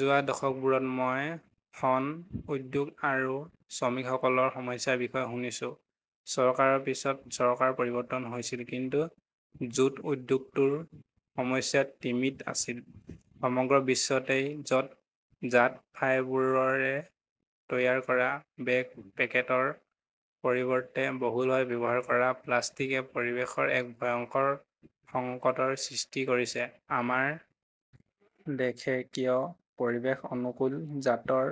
যোৱা দশকবোৰত মই শণ উদ্যোগ আৰু শ্ৰমিকসকলৰ সমস্যাৰ বিষয়ে শুনিছোঁ। চৰকাৰৰ পিছত চৰকাৰ পৰিৱৰ্তন হৈছিল কিন্তু জুট উদ্যোগটোৰ সমস্যা তিমিত আছিল। সমগ্ৰ বিশ্বতে য 'ত জাট ফাইবাৰেৰে তৈয়াৰ কৰা বেগ, পেকেটৰ পৰিৱৰ্তে বহুলভাৱে ব্যৱহাৰ কৰা প্লাষ্টিকে পৰিৱেশৰ এক ভয়ংকৰ সংকটৰ সৃষ্টি কৰিছে। আমাৰ দেশে কিয় পৰিৱেশ-অনুকূল জাটৰ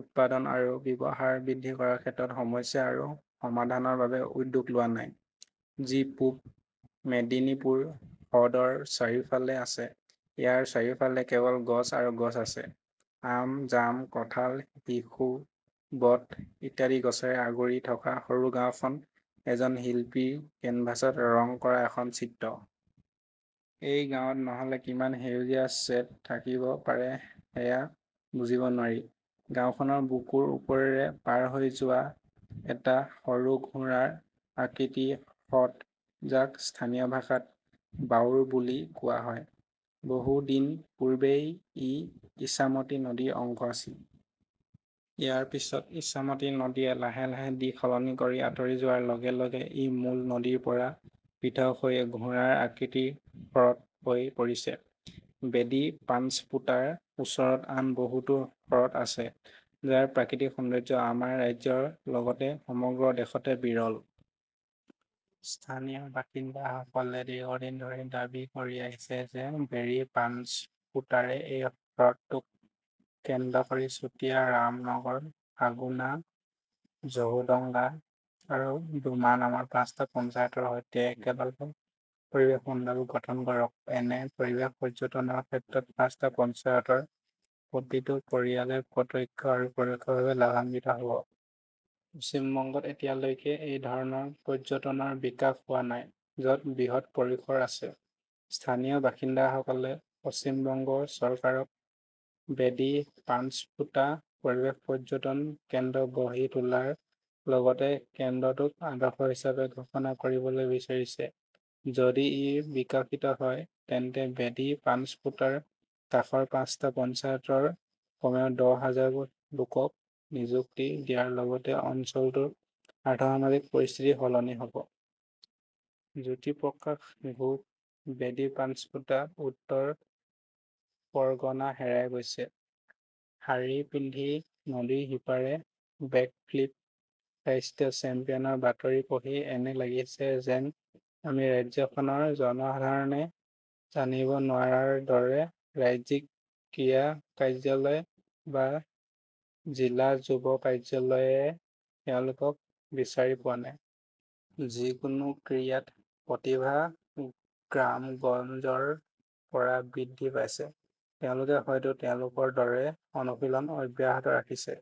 উৎপাদন আৰু ব্যৱহাৰ বৃদ্ধি কৰাৰ ক্ষেত্ৰত সমস্যা আৰু সমাধানৰ বাবে উদ্যোগ লোৱা নাই? যি পূব মেদিনীপুৰ হ্ৰদৰ চাৰিওফালে আছে। ইয়াৰ চাৰিওফালে কেৱল গছ আৰু গছ আছে। আম, জাম, কাঁঠাল, শিশু, বট ইত্যাদি গছৰে আগুৰি থকা সৰু গাওঁখন এজন শিল্পীৰ কেনভাছত ৰং কৰা এখন চিত্ৰ। এই গাঁৱত নহ'লে কিমান সেউজীয়া শ্বেড থাকিব পাৰে সেয়া বুজিব নোৱাৰি। গাওঁখনৰ বুকুৰ ওপৰেৰে পাৰ হৈ যোৱা এটা সৰু ঘোঁৰাৰ আকৃতিৰ হ্ৰদ, যাক স্থানীয় ভাষাত বাওৰ বুলি কোৱা হয়। বহু দিন পূৰ্বে ই ইছামতী নদীৰ অংশ আছিল। ইয়াৰ পিছত ইছামতী নদীয়ে লাহে- লাহে দিশ সলনি কৰি আঁতৰি যোৱাৰ লগে -লগে ই মূল নদীৰ পৰা পৃথক হৈ ঘোঁৰাৰ আকৃতিৰ হ্ৰদ হৈ পৰিছে। বেডী পাঞ্চপোটাৰ ওচৰত আন বহুতো হ্ৰদ আছে, যাৰ প্ৰাকৃতিক সৌন্দৰ্য আমাৰ ৰাজ্যৰ লগতে সমগ্ৰ দেশতে বিৰল। স্থানীয় বাসিন্দাসকলে দীৰ্ঘদিন ধৰি দাবী কৰি আহিছে যে বেৰী-পাঞ্চপোটাৰে এই হ্ৰদটোক কেন্দ্ৰ কৰি চুটিয়া, ৰামনগৰ, সাগুনা, ঝৌডঙ্গা আৰু ডুমা নামৰ পাঁচটা পঞ্চায়তৰ সৈতে একেলগে পৰিৱেশমণ্ডল গঠন কৰক। এনে পৰিৱেশ পৰ্যটনৰ ক্ষেত্ৰত পাঁচটা পঞ্চায়তৰ প্ৰতিটো পৰিয়ালে প্ৰত্যক্ষ আৰু পৰোক্ষভাৱে লাভান্বিত হ 'ব। পশ্চিম বংগত এতিয়ালৈকে এই ধৰণৰ পৰ্যটনৰ বিকাশ হোৱা নাই, য'ত বৃহৎ পৰিসৰ আছে। স্থানীয় বাসিন্দাসকলে পশ্চিম বংগ চৰকাৰক বেডী-পাঞ্চপোটা পৰিৱেশ পৰ্যটন কেন্দ্ৰ গঢ়ি তোলাৰ লগতে কেন্দ্ৰটোক আদৰ্শ হিচাপে ঘোষণা কৰিবলৈ বিচাৰিছে। যদি ই বিকশিত হয় তেন্তে বেদী পাঞ্চপোটাৰ কাষৰ পাঁচটা পঞ্চায়তৰ কমেও দহ হাজাৰ লোকক নিযুক্তি দিয়াৰ লগতে অঞ্চলটোৰ অৰ্থ-সামাজিক পৰিস্থিতি সলনি হ 'ব। জ্যোতিপ্ৰকাশ ঘোষ, বেডী পাঞ্চপোটা, উত্তৰ পৰগনা হেৰাই গৈছে। শাৰী পিন্ধি নদীৰ সিপাৰে বেকফ্লিপ ৰাষ্ট্ৰীয় চেম্পিয়নৰ বাতৰি পঢ়ি এনে লাগিছে যেন আমি ৰাজ্যখনৰ জনসাধাৰণে জানিব নোৱাৰাৰ দৰে ৰাজ্যিক ক্ৰীড়া কাৰ্যালয় বা জিলা যুৱ কাৰ্যালয়ে তেওঁলোকক বিচাৰি পোৱা নাই। যিকোনো ক্ৰীড়াত প্ৰতিভা গ্ৰামগঞ্জৰ পৰা বৃদ্ধি পাইছে, তেওঁলোকে হয়তো তেওঁলোকৰ দৰে অনুশীলন অব্যাহত ৰাখিছে।